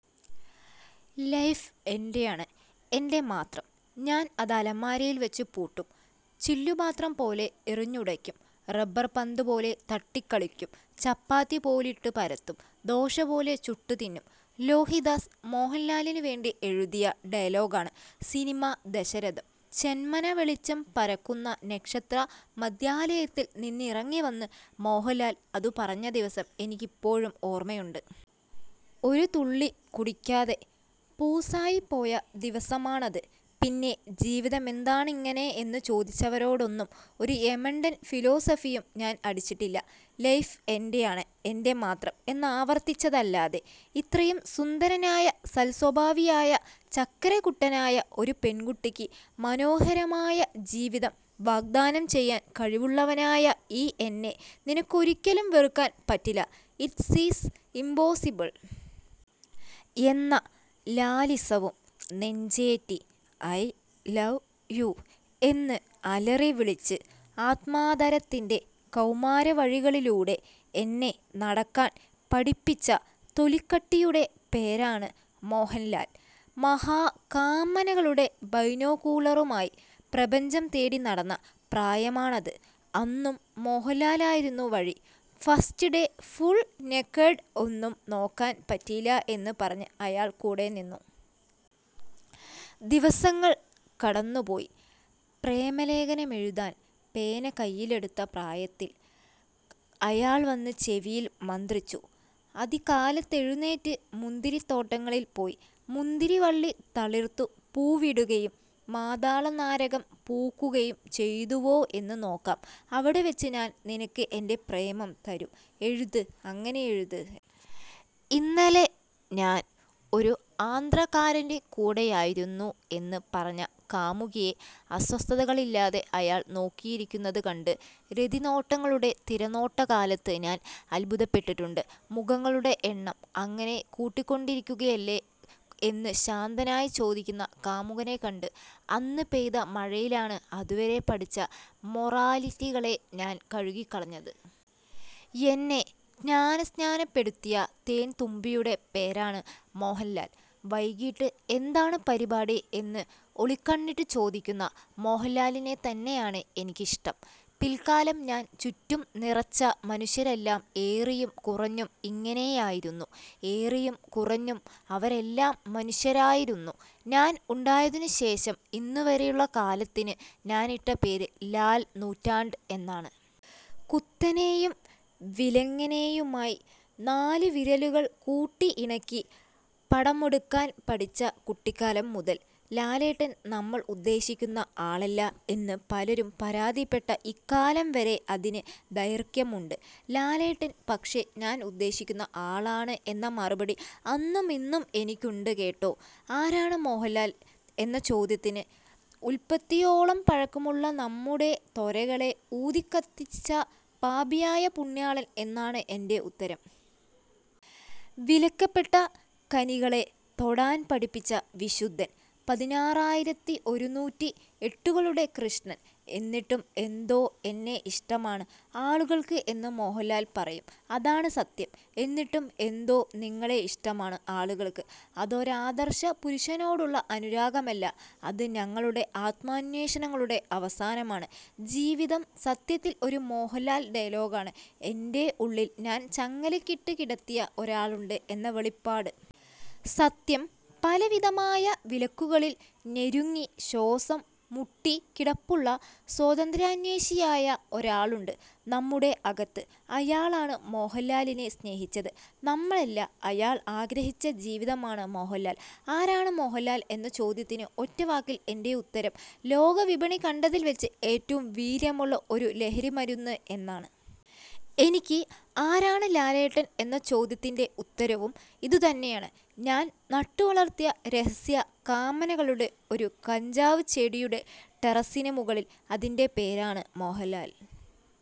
Life എൻ്റെയാണ്, എൻ്റെ മാത്രം. ഞാൻ അതലമാരയിൽ വച്ച് പൂട്ടും, ചില്ലു പാത്രം പോലെ എറിഞ്ഞുടയ്ക്കും, റബ്ബർ പന്തു പോലെ തട്ടിക്കളിക്കും, ചപ്പാത്തി പോലിട്ടു പരത്തും, ദോശ പോലെ ചുട്ടു തിന്നും. ലോഹിതദാസ് മോഹൻലാലിനു വേണ്ടി എഴുതിയ ഡയലോഗാണ്, സിനിമ ദശരഥം. ചെമന്ന വെളിച്ചം പരക്കുന്ന നക്ഷത്ര മദ്യാലയത്തിൽ നിന്നിറങ്ങിവന്ന് മോഹൻലാൽ അതു പറഞ്ഞ ദിവസം എനിക്കിപ്പോഴും ഓർമയുണ്ട്. ഒരു തുള്ളി കുടിക്കാതെ പൂസായിപ്പോയ ദിവസമാണത്. പിന്നെ, ജീവിതമെന്താണിങ്ങനെ എന്നു ചോദിച്ചവരോടൊന്നും ഒരു യമണ്ടൻ ഫിലോസഫിയും ഞാൻ അടിച്ചിട്ടില്ല, ലൈഫ് എൻ്റെയാണ് എൻ്റെ മാത്രം എന്നാവർത്തിച്ചതല്ലാതെ. ഇത്രയും സുന്ദരനായ, സൽസ്വഭാവിയായ, ചക്കരക്കുട്ടനായ, ഒരു പെൺകുട്ടിക്ക് മനോഹരമായ ജീവിതം വാഗ്ദാനം ചെയ്യാൻ കഴിവുള്ളവനായ ഈ എന്നെ നിനക്കൊരിക്കലും വെറുക്കാൻ പറ്റില്ല, ഇറ്റ് ഈസ് ഇമ്പോസിബിൾ. എന്ന ലാലിസവും നെഞ്ചേറ്റി, ഐ ലവ് യൂ എന്ന് അലറി വിളിച്ച് ആത്മാദരത്തിൻ്റെ കൗമാരവഴികളിലൂടെ എന്നെ നടക്കാൻ പഠിപ്പിച്ച തൊലിക്കട്ടിയുടെ പേരാണ് മോഹൻലാൽ. മഹാകാമനകളുടെ ബൈനോക്കുലറുമായി പ്രപഞ്ചം തേടി നടന്ന പ്രായമാണത്. അന്നും മോഹൻലാലായിരുന്നു വഴി. ഫസ്റ്റ് ഡേ ഫുൾ നേക്കഡ് ഒന്നും കാണാൻ പറ്റില്ല എന്ന് പറഞ്ഞ് അയാൾ കൂടെ നിന്നു. ദിവസങ്ങൾ കടന്നു പോയി. പ്രേമലേഖനമെഴുതാൻ പേന കൈയിലെടുത്ത പ്രായത്തിൽ അയാൾ വന്ന് ചെവിയിൽ മന്ത്രിച്ചു, അതികാലത്തെഴുന്നേറ്റ് മുന്തിരിത്തോട്ടങ്ങളിൽ പോയി മുന്തിരിവള്ളി തളിർത്തു പൂവിടുകയും മാതള നാരകം പൂക്കുകയും ചെയ്തുവോ എന്ന് നോക്കാം, അവിടെ വച്ച് ഞാൻ നിനക്ക് എൻ്റെ പ്രേമം തരും, എഴുത് അങ്ങനെയെഴുത് എന്ന്. ഇന്നലെ ഞാൻ ഒരു ആന്ധ്രക്കാരൻ്റെ കൂടെയായിരുന്നു എന്ന് പറഞ്ഞ കാമുകിയെ അസ്വസ്ഥതകളില്ലാതെ അയാൾ നോക്കിയിരിക്കുന്നത് കണ്ട് രതിനോട്ടങ്ങളുടെ തിരനോട്ടകാലത്ത് ഞാൻ അത്ഭുതപ്പെട്ടിട്ടുണ്ട്, മുഖങ്ങളുടെ എണ്ണം അങ്ങനെ കൂടിക്കൊണ്ടിരിക്കുകയല്ലേ എന്ന് ശാന്തനായി ചോദിക്കുന്ന കാമുകനെ കണ്ട്. അന്ന് പെയ്ത മഴയിലാണ് അതുവരെ പഠിച്ച മൊറാലിറ്റികളെ ഞാൻ കഴുകിക്കളഞ്ഞത്. എന്നെ ജ്ഞാനസ്നാനപ്പെടുത്തിയ തേൻതുമ്പിയുടെ പേരാണ് മോഹൻലാൽ. വൈകിട്ട് എന്താണ് പരിപാടി എന്ന് ഒളികണ്ണിട്ടു ചോദിക്കുന്ന മോഹൻലാലിനെത്തന്നെയാണ് എനിക്കിഷ്ടം. പിൽക്കാലം ഞാൻ ചുറ്റും നിറച്ച മനുഷ്യരെല്ലാം ഏറിയും കുറഞ്ഞും ഇങ്ങനെയായിരുന്നു. ഏറിയും കുറഞ്ഞും അവരെല്ലാം മനുഷ്യരായിരുന്നു. ഞാൻ ഉണ്ടായതിനു ശേഷം ഇന്നുവരെയുള്ള കാലത്തിന് ഞാൻ ഇട്ട പേര് ലാൽ നൂറ്റാണ്ട് എന്നാണ്. കുത്തനെയും വിലങ്ങനെയുമായി നാലു വിരലുകൾ കൂട്ടിയിണക്കി പടമെടുക്കാൻ പഠിച്ച കുട്ടിക്കാലം മുതൽ, ലാലേട്ടൻ നമ്മൾ ഉദ്ദേശിക്കുന്ന ആളല്ല എന്ന് പലരും പരാതിപ്പെട്ട ഇക്കാലം വരെ അതിന് ദൈർഘ്യമുണ്ട്. ലാലേട്ടൻ പക്ഷേ ഞാൻ ഉദ്ദേശിക്കുന്ന ആളാണ് എന്ന മറുപടി അന്നുമിന്നും എനിക്കുണ്ട് കേട്ടോ. ആരാണ് മോഹൻലാൽ എന്ന ചോദ്യത്തിന്, ഉൽപ്പത്തിയോളം പഴക്കമുള്ള നമ്മുടെ ത്വരകളെ ഊതിക്കത്തിച്ച പാപിയായ പുണ്യാളൻ എന്നാണ് എൻ്റെ ഉത്തരം. വിലക്കപ്പെട്ട കനികളെ തേടാൻ പഠിപ്പിച്ച വിശുദ്ധൻ, പതിനാറായിരത്തി ഒരുന്നൂറ്റി എട്ടുകളുടെ കൃഷ്ണൻ. എന്നിട്ടും എന്തോ, എന്നെ ഇഷ്ടമാണ് ആളുകൾക്ക് എന്ന് മോഹൻലാൽ പറയും. അതാണ് സത്യം. എന്നിട്ടും എന്തോ, നിങ്ങളെ ഇഷ്ടമാണ് ആളുകൾക്ക്. അതൊരാദർശ പുരുഷനോടുള്ള അനുരാഗമല്ല. അത് ഞങ്ങളുടെ ആത്മാന്വേഷണങ്ങളുടെ അവസാനമാണ്. ജീവിതം സത്യത്തിൽ ഒരു മോഹൻലാൽ ഡയലോഗാണ്, എൻ്റെ ഉള്ളിൽ ഞാൻ ചങ്ങലയ്ക്കിട്ട് കിടത്തിയ ഒരാളുണ്ട് എന്ന വെളിപാട്. സത്യം, പല വിധമായ വിലക്കുകളിൽ ഞെരുങ്ങി ശ്വാസം മുട്ടിക്കിടപ്പുള്ള സ്വാതന്ത്ര്യാന്വേഷിയായ ഒരാളുണ്ട് നമ്മുടെ അകത്ത്. അയാളാണ് മോഹൻലാലിനെ സ്നേഹിച്ചത്, നമ്മളല്ല. അയാൾ ആഗ്രഹിച്ച ജീവിതമാണ് മോഹൻലാൽ. ആരാണ് മോഹൻലാൽ എന്ന ചോദ്യത്തിന് ഒറ്റ വാക്കിൽ എൻ്റെ ഉത്തരം, ലോകവിപണി കണ്ടതിൽ വച്ച് ഏറ്റവും വീര്യമുള്ള ഒരു ലഹരിമരുന്ന് എന്നാണ്. എനിക്ക് ആരാണ് ലാലേട്ടൻ എന്ന ചോദ്യത്തിൻ്റെ ഉത്തരവും ഇതുതന്നെയാണ്. ഞാൻ നട്ടുവളർത്തിയ രഹസ്യ കാമനകളുടെ ഒരു കഞ്ചാവു ചെടിയുണ്ട് ടെറസ്സിന് മുകളിൽ, അതിൻ്റെ പേരാണ് മോഹൻലാൽ.